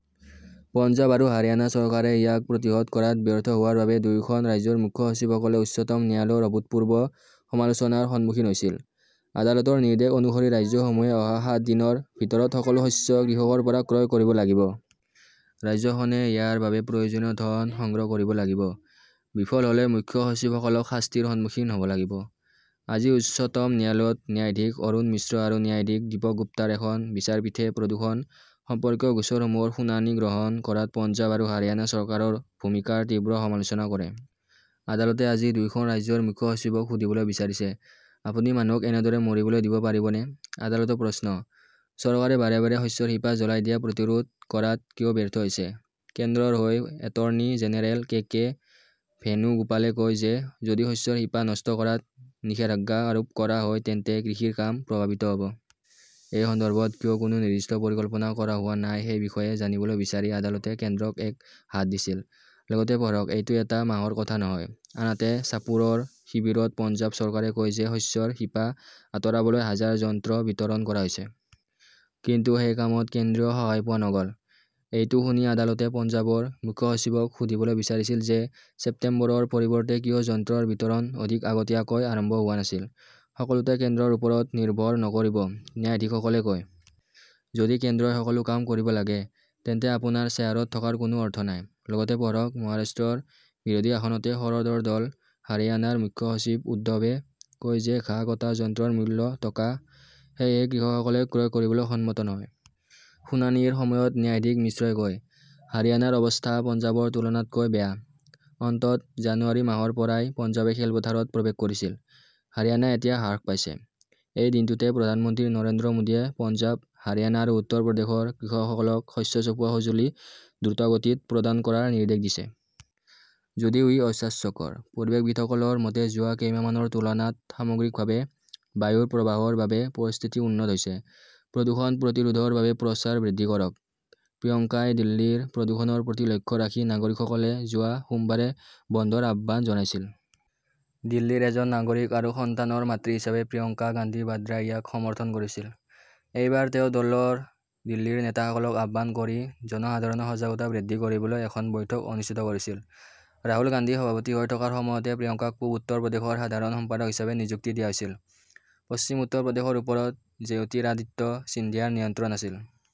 পঞ্জাৱ আৰু হাৰিয়ানা চৰকাৰে ইয়াক প্ৰতিহত কৰাত ব্যৰ্থ হোৱাৰ বাবে দুয়োখন ৰাজ্যৰ মুখ্য সচিবসকলে উচ্চতম ন্যায়ালয়ৰ অভূতপূৰ্ব সমালোচনাৰ সন্মুখীন হৈছিল। আদালতৰ নিৰ্দেশ অনুসৰি ৰাজ্যসমূহে অহা সাত দিনৰ ভিতৰত সকলো শস্য কৃষকৰ পৰা ক্ৰয় কৰিব লাগিব। ৰাজ্যখনে ইয়াৰ বাবে প্ৰয়োজনীয় ধন সংগ্ৰহ কৰিব লাগিব। বিফল হ'লে মুখ্য সচিবসকলক শাস্তিৰ সন্মুখীন হ" ব লাগিব। আজি উচ্চতম ন্যায়ালয়ত ন্যায়াধীশ অৰুণ মিশ্ৰ আৰু ন্যায়াধীশ দীপক গুপ্তাৰ এখন বিচাৰপীঠে প্ৰদূষণ সম্পৰ্কীয় গোচৰসমূহৰ শুনানি গ্ৰহণ কৰাত পঞ্জাৱ আৰু হাৰিয়ানা চৰকাৰৰ ভূমিকাৰ তীব্ৰ সমালোচনা কৰে। আদালতে আজি দুয়োখন ৰাজ্যৰ মুখ্য সচিবক সুধিবলৈ বিচাৰিছেঃ "আপুনি মানুহক এনেদৰে মৰিবলৈ দিব পাৰিবনে? "আদালতৰ প্ৰশ্ন", চৰকাৰে বাৰে বাৰে শস্যৰ শিপা জ্বলাই দিয়া প্ৰতিৰোধ কৰাত কিয় ব্যৰ্থ হৈছে? "কেন্দ্ৰৰ হৈ এটৰ্নী জেনেৰেল কে কে ভেনুগোপালে কয় যে যদি শস্যৰ শিপা নষ্ট কৰাত নিষেধাজ্ঞা আৰোপ কৰা হয় তেন্তে কৃষিৰ কাম প্ৰভাৱিত হ'ব। এই সন্দৰ্ভত কিয় কোনো নিৰ্দিষ্ট পৰিকল্পনা কৰা হোৱা নাই সেই বিষয়ে জানিবলৈ বিচাৰি আদালতে কেন্দ্ৰক এক হাত দিছিল। লগতে পঢ়কঃ এইটো এটা মাহৰ কথা নহয়, আনহাতে ছাপুৰৰ শিবিৰত পঞ্জাৱ চৰকাৰে কয় যে শস্যৰ শিপা আঁতৰাবলৈ হাজাৰ যন্ত্ৰ বিতৰণ কৰা হৈছে। কিন্তু সেই কামত কেন্দ্ৰীয় সহায় পোৱা নগ'ল। এইটো শুনি আদালতে পঞ্জাৱৰ মুখ্য সচিবক সুধিবলৈ বিচাৰিছিল যে ছেপ্টেম্বৰৰ পৰিৱৰ্তে কিয় যন্ত্ৰৰ বিতৰণ অধিক আগতীয়াকৈ আৰম্ভ হোৱা নাছিল। "সকলোতে কেন্দ্ৰৰ ওপৰত নিৰ্ভৰ নকৰিব", ন্যায়াধীশসকলে কয়। যদি কেন্দ্ৰই সকলো কাম কৰিব লাগে, তেন্তে আপোনাৰ চেয়াৰত থকাৰ কোনো অৰ্থ নাই। লগতে পঢ়কঃ মহাৰাষ্ট্ৰৰ বিৰোধী আসনতে শৰদৰ দল, হাৰিয়ানাৰ মুখ্য সচিব উদ্ধৱে কয় যে ঘাঁহ কটা যন্ত্ৰৰ মূল্য টকা। সেয়েহে কৃষকসকলে ক্ৰয় কৰিবলৈ সন্মত নহয়। শুনানিৰ সময়ত ন্যায়াধীশ মিশ্ৰই কয়, "হাৰিয়ানাৰ অৱস্থা পঞ্জাৱৰ তুলনাতকৈ বেয়া। অন্ততঃ জানুৱাৰী মাহৰ পৰাই পঞ্জাৱে খেলপথাৰত প্ৰৱেশ কৰিছিল। হাৰিয়ানা এতিয়া হ্ৰাস পাইছে। "এই দিনটোতে প্ৰধানমন্ত্ৰী নৰেন্দ্ৰ মোদীয়ে পঞ্জাৱ, হাৰিয়ানা আৰু উত্তৰ প্ৰদেশৰ কৃষকসকলক শস্য চপোৱা সঁজুলি দ্ৰুতগতিত প্ৰদান কৰাৰ নিৰ্দেশ দিছে। যদিও ই অস্বাস্থ্যকৰ, পৰিৱেশবিদসকলৰ মতে যোৱা কেইমাহমানৰ তুলনাত সামগ্ৰিকভাৱে বায়ুৰ প্ৰবাহৰ বাবে পৰিস্থিতি উন্নত হৈছে। প্ৰদূষণ প্ৰতিৰোধৰ বাবে প্ৰচাৰ বৃদ্ধি কৰকঃ প্ৰিয়ংকাই দিল্লীৰ প্ৰদূষণৰ প্ৰতি লক্ষ্য ৰাখি নাগৰিকসকলে যোৱা সোমবাৰে বন্ধৰ আহ্বান জনাইছিল। দিল্লীৰ এজন নাগৰিক "আৰু সন্তানৰ মাতৃ" হিচাপে প্ৰিয়ংকা গান্ধী ৱাদ্ৰাই ইয়াক সমৰ্থন কৰিছিল। এইবাৰ তেওঁ দলৰ দিল্লীৰ নেতাসকলক আহ্বান কৰি জনসাধাৰণৰ সজাগতা বৃদ্ধি কৰিবলৈ এখন বৈঠক অনুষ্ঠিত কৰিছিল। ৰাহুল গান্ধী সভাপতি হৈ থকাৰ সময়তে প্ৰিয়ংকাক পূব উত্তৰ প্ৰদেশৰ সাধাৰণ সম্পাদক হিচাপে নিযুক্তি দিয়া হৈছিল। পশ্চিম উত্তৰ প্ৰদেশৰ ওপৰত জ্যোতিৰাদিত্য সিন্ধিয়াৰ নিয়ন্ত্ৰণ আছিল।